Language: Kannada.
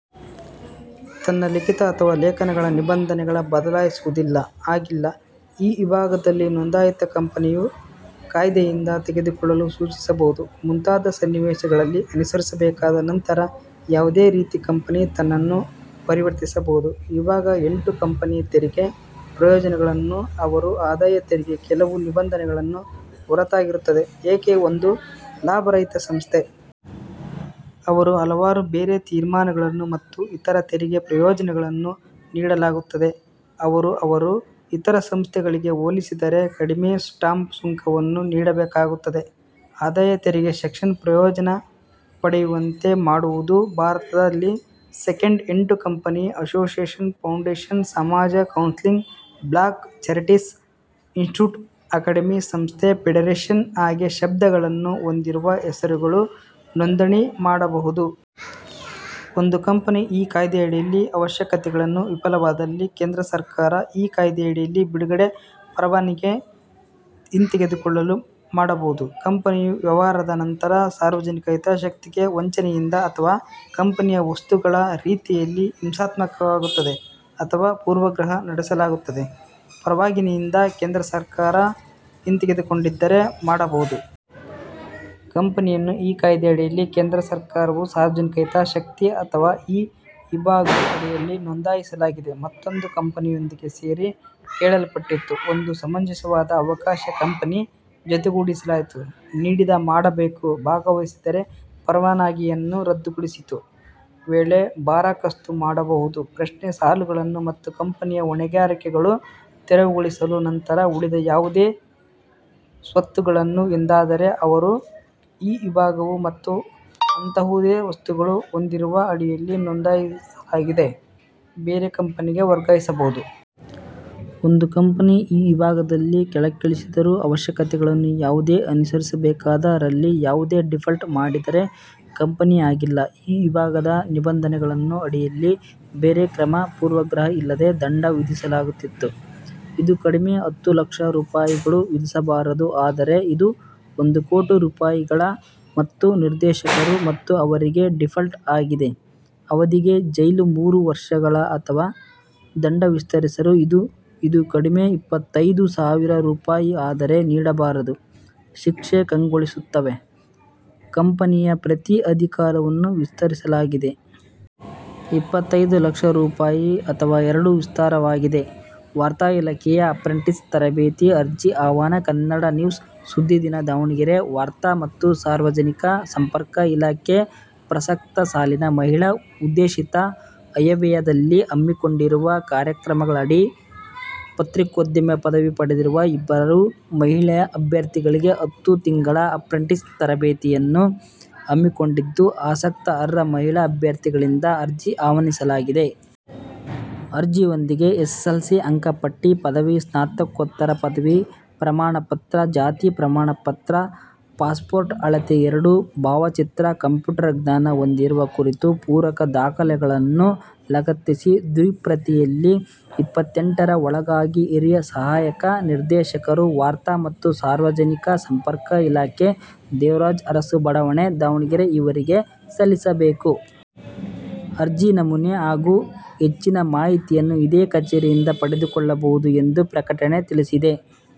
ತನ್ನ ಲಿಖಿತ ಅಥವಾ ಲೇಖನಗಳು ನಿಬಂಧನೆಗಳ ಬದಲಾಯಿಸುವುದಿಲ್ಲ ಹಾಗಿಲ್ಲ. ಈ ವಿಭಾಗದಲ್ಲಿ ನೊಂದಾಯಿತ ಕಂಪನಿಯು ಕಾಯಿದೆಯಿಂದ ತೆಗೆದುಕೊಳ್ಳಲು ಸೂಚಿಸಬಹುದು ಮುಂತಾದ ಸನ್ನಿವೇಶಗಳಲ್ಲಿ ಅನುಸರಿಸಬೇಕಾದ ನಂತರ ಯಾವುದೇ ರೀತಿಯ ಕಂಪನಿ ತನ್ನನ್ನು ಪರಿವರ್ತಿಸಬಹುದು. ವಿಭಾಗ ಎಂಟು ಕಂಪನಿ ತೆರಿಗೆ ಪ್ರಯೋಜನಗಳನ್ನು ಅವರು ಆದಾಯ ತೆರಿಗೆ ಕೆಲವು ನಿಬಂಧನೆಗಳನ್ನು ಹೊರತಾಗಿರುತ್ತದೆ ಏಕೆ ಒಂದು ಲಾಭರಹಿತ ಸಂಸ್ಥೆ. ಅವರು ಹಲವಾರು ಬೇರೆ ತೀರ್ಮಾನಗಳನ್ನು ಮತ್ತು ಇತರ ತೆರಿಗೆ ಪ್ರಯೋಜನಗಳನ್ನು ನೀಡಲಾಗುತ್ತದೆ. ಅವರು ಅವರು ಇತರ ಸಂಸ್ಥೆಗಳಿಗೆ ಹೋಲಿಸಿದರೆ ಕಡಿಮೆ ಸ್ಟಾಂಪು ಸುಂಕವನ್ನು ನೀಡಬೇಕಾಗುತ್ತದೆ ಆದಾಯ ತೆರಿಗೆ ಸೆಕ್ಷನ್ ಪ್ರಯೋಜನ ಪಡೆಯುವಂತೆ ಮಾಡುವುದು. ಭಾರತದಲ್ಲಿ ಸೆಕೆಂಡು ಎಂಟು ಕಂಪನಿ ಅಸೋಸಿಯೇಷನ್, ಫೌಂಡೇಶನ್, ಸಮಾಜ, council, club, charities, institute, academy, ಸಂಸ್ಥೆ, ಫೆಡರೇಷನ್ ಹಾಗೆ ಶಬ್ದಗಳನ್ನು ಹೊಂದಿರುವ ಹೆಸರುಗಳು ನೋಂದಣಿ ಮಾಡಬಹುದು. ಒಂದು ಕಂಪನಿ ಈ ಕಾಯಿದೆಯಡಿಯಲ್ಲಿ ಅವಶ್ಯಕತೆಗಳನ್ನು ವಿಫಲವಾದಲ್ಲಿ ಕೇಂದ್ರ ಸರ್ಕಾರ ಈ ಕಾಯಿದೆಯಡಿಯಲ್ಲಿ ಬಿಡುಗಡೆ ಪರವಾನಿಗೆ ಹಿಂತೆಗೆದುಕೊಳ್ಳಲು ಮಾಡಬಹುದು. ಕಂಪನಿಯ ವ್ಯವಹಾರಗಳ ನಂತರ ಸಾರ್ವಜನಿಕ ಹಿತಾಸಕ್ತಿಗೆ ವಂಚನೆಯಿಂದ ಅಥವಾ ಕಂಪನಿಯ ವಸ್ತುಗಳ ರೀತಿಯಲ್ಲಿ ಹಿಂಸಾತ್ಮಕವಾಗುತ್ತದೆ ಅಥವಾ ಪೂರ್ವಗ್ರಹ ನಡೆಸಲಾಗುತ್ತದೆ ಪರವಾನಗಿಯಿಂದ ಕೇಂದ್ರ ಸರ್ಕಾರದ ಹಿಂತೆಗೆದುಕೊಂಡಿದ್ದಾರೆ ಮಾಡಬಹುದು. ಕಂಪನಿಯನ್ನು ಈ ಕಾಯಿದೆಯಡಿಯಲ್ಲಿ ಕೇಂದ್ರ ಸರ್ಕಾರವು ಸಾರ್ವಜನಿಕ ಹಿತಾಸಕ್ತಿ ಅಥವಾ ಈ ವಿಭಾಗವು ಅಡಿಯಲ್ಲಿ ನೋಂದಾಯಿಸಲಾಗಿದೆ ಮತ್ತೊಂದು ಕಂಪನಿಯೊಂದಿಗೆ ಸೇರಿ ಕೇಳಲ್ಪಟ್ಟಿತು ಒಂದು ಸಮಂಜಸವಾದ ಅವಕಾಶ ಕಂಪನಿ ಜತೆಗೂಡಿಸಲಾಯಿತು ನೀಡಿದ ಮಾಡಬೇಕು ಭಾವಿಸಿದರೆ ಪರವಾನಗಿಯನ್ನು ರದ್ದುಗೊಳಿಸಿತು ವೇಳೆ ಬರಖಾಸ್ತು ಮಾಡಬಹುದು. ಪ್ರಶ್ನೆ ಸಾಲಗಳನ್ನು ಮತ್ತು ಕಂಪನಿಯ ಹೊಣೆಗಾರಿಕೆಗಳು ತೆರವುಗೊಳಿಸಲು ನಂತರ ಉಳಿದ ಯಾವುದೇ ಸ್ವತ್ತುಗಳನ್ನು ಎಂದಾದರೆ ಅವರು ಈ ವಿಭಾಗವು ಮತ್ತು ಅಂತಹುದೇ ವಸ್ತುಗಳು ಹೊಂದಿರುವ ಅಡಿಯಲ್ಲಿ ನೋಂದಾಯಿಸಲಾಗಿದೆ ಬೇರೆ ಕಂಪನಿಗೆ ವರ್ಗಾಯಿಸಬಾರದು. ಒಂದು ಕಂಪನಿ ಈ ವಿಭಾಗದಲ್ಲಿ ಕೆಳಕ್ಕಿಳಿಸಿದರು ಅವಶ್ಯಕತೆಗಳನ್ನು ಯಾವುದೇ ಅನುಸರಿಸಬೇಕಾದ ರಲ್ಲಿ ಯಾವುದೇ ಡೀಫಾಲ್ಟ್ ಮಾಡಿದರೆ ಕಂಪನಿ ಹಾಗಿಲ್ಲ ಈ ವಿಭಾಗದ ನಿಬಂಧನೆಗಳನ್ನು ಅಡಿಯಲ್ಲಿ ಬೇರೆ ಕ್ರಮ ಪೂರ್ವಾಗ್ರಹ ಇಲ್ಲದೆ ದಂಡ ವಿಧಿಸಲಾಗುತ್ತಿತ್ತು. ಇದು ಕಡಿಮೆ ಹತ್ತು ಲಕ್ಷ ರೂಪಾಯಿಗಳು ವಿಧಿಸಬಾರದು ಆದರೆ ಇದು ಒಂದು ಕೋಟಿ ರೂಪಾಯಿಗಳ ಮತ್ತು ನಿರ್ದೇಶಕರು ಮತ್ತು ಅವರಿಗೆ ಡೀಫಾಲ್ಟ್ ಆಗಿದೆ ಅವಧಿಗೆ ಜೈಲು ಮೂರು ವರ್ಷಗಳ ಅಥವಾ ದಂಡ ವಿಸ್ತರಿಸಲು ಇದು ಇದು ಕಡಿಮೆ ಇಪ್ಪತ್ತೈದು ಸಾವಿರ ರೂಪಾಯಿ ಆದರೆ ನೀಡಬಾರದು ಶಿಕ್ಷೆ ಕಂಗೊಳಿಸುತ್ತವೆ ಕಂಪೆನಿಯ ಪ್ರತಿ ಅಧಿಕಾರಿಯನ್ನು ವಿಸ್ತಾರವಾಗಿದೆ. ಇಪ್ಪತ್ತೈದು ಲಕ್ಷ ರೂಪಾಯಿ ಅಥವಾ ಎರಡೂ ವಿಸ್ತಾರವಾಗಿದೆ. ವಾರ್ತಾಇಲಾಖೆ ಅಪ್ರೆಂಟಿಸ್ ತರಬೇತಿಗೆ ಅರ್ಜಿ ಆಹ್ವಾನ ಕನ್ನಡ ನ್ಯೂಸ್ ಸುದ್ದಿದಿನ, ದಾವಣಗೆರೆ ವಾರ್ತಾ ಮತ್ತು ಸಾರ್ವಜನಿಕ ಸಂಪರ್ಕ ಇಲಾಖೆಯು ಪ್ರಸಕ್ತ ಸಾಲಿನ ಮಹಿಳಾ ಉದ್ದೇಶಿತ ಆಯವ್ಯದಲ್ಲಿ ಹಮ್ಮಿಕೊಂಡಿರುವ ಕಾರ್ಯಕ್ರಮಗಳಡಿ ಪತ್ರಿಕೋದ್ಯಮ ಪದವಿ ಪಡೆದಿರುವ ಇಬ್ಬರು ಮಹಿಳಾ ಅಭ್ಯರ್ಥಿಗಳಿಗೆ ಹತ್ತು ತಿಂಗಳ ಅಪ್ರೆಂಟಿಸ್ ತರಬೇತಿಯನ್ನು ಹಮ್ಮಿಕೊಂಡಿದ್ದು ಆಸಕ್ತ ಅರ್ಹ ಮಹಿಳಾ ಅಭ್ಯರ್ಥಿಗಳಿಂದ ಅರ್ಜಿ ಆಹ್ವಾನಿಸಲಾಗಿದೆ. ಅರ್ಜಿಯೊಂದಿಗೆ ಎಸ್ಎಸ್ಎಲ್ಸಿ ಅಂಕಪಟ್ಟಿ ಪದವಿ ಸ್ನಾತಕೋತ್ತರ ಪದವಿ ಪ್ರಮಾಣಪತ್ರ, ಜಾತಿ ಪ್ರಮಾಣಪತ್ರ, ಪಾಸ್ಪೋರ್ಟ್ ಅಳತೆಯ ಎರಡು ಭಾವಚಿತ್ರ, ಕಂಪ್ಯೂಟರ್ ಜ್ಞಾನ ಹೊಂದಿರುವ ಕುರಿತ ಪೂರಕ ದಾಖಲೆಗಳನ್ನು ಲಗತ್ತಿಸಿ ದ್ವಿಪ್ರತಿಯಲ್ಲಿ ಇಪ್ಪತ್ತೆಂಟರ ಒಳಗಾಗಿ ಹಿರಿಯ ಸಹಾಯಕ ನಿರ್ದೇಶಕರು, ವಾರ್ತಾ ಮತ್ತು ಸಾರ್ವಜನಿಕ ಸಂಪರ್ಕ ಇಲಾಖೆ, ದೇವರಾಜ ಅರಸ್ ಬಡಾವಣೆ, ದಾವಣಗೆರೆ ಇವರಿಗೆ ಸಲ್ಲಿಸಬೇಕು. ಅರ್ಜಿ ನಮೂನೆ ಹಾಗೂ ಹೆಚ್ಚಿನ ಮಾಹಿತಿಯನ್ನು ಇದೇ ಕಚೇರಿಯಿಂದ ಪಡೆದುಕೊಳ್ಳಬಹುದು ಎಂದು ಪ್ರಕಟಣೆ ತಿಳಿಸಿದೆ.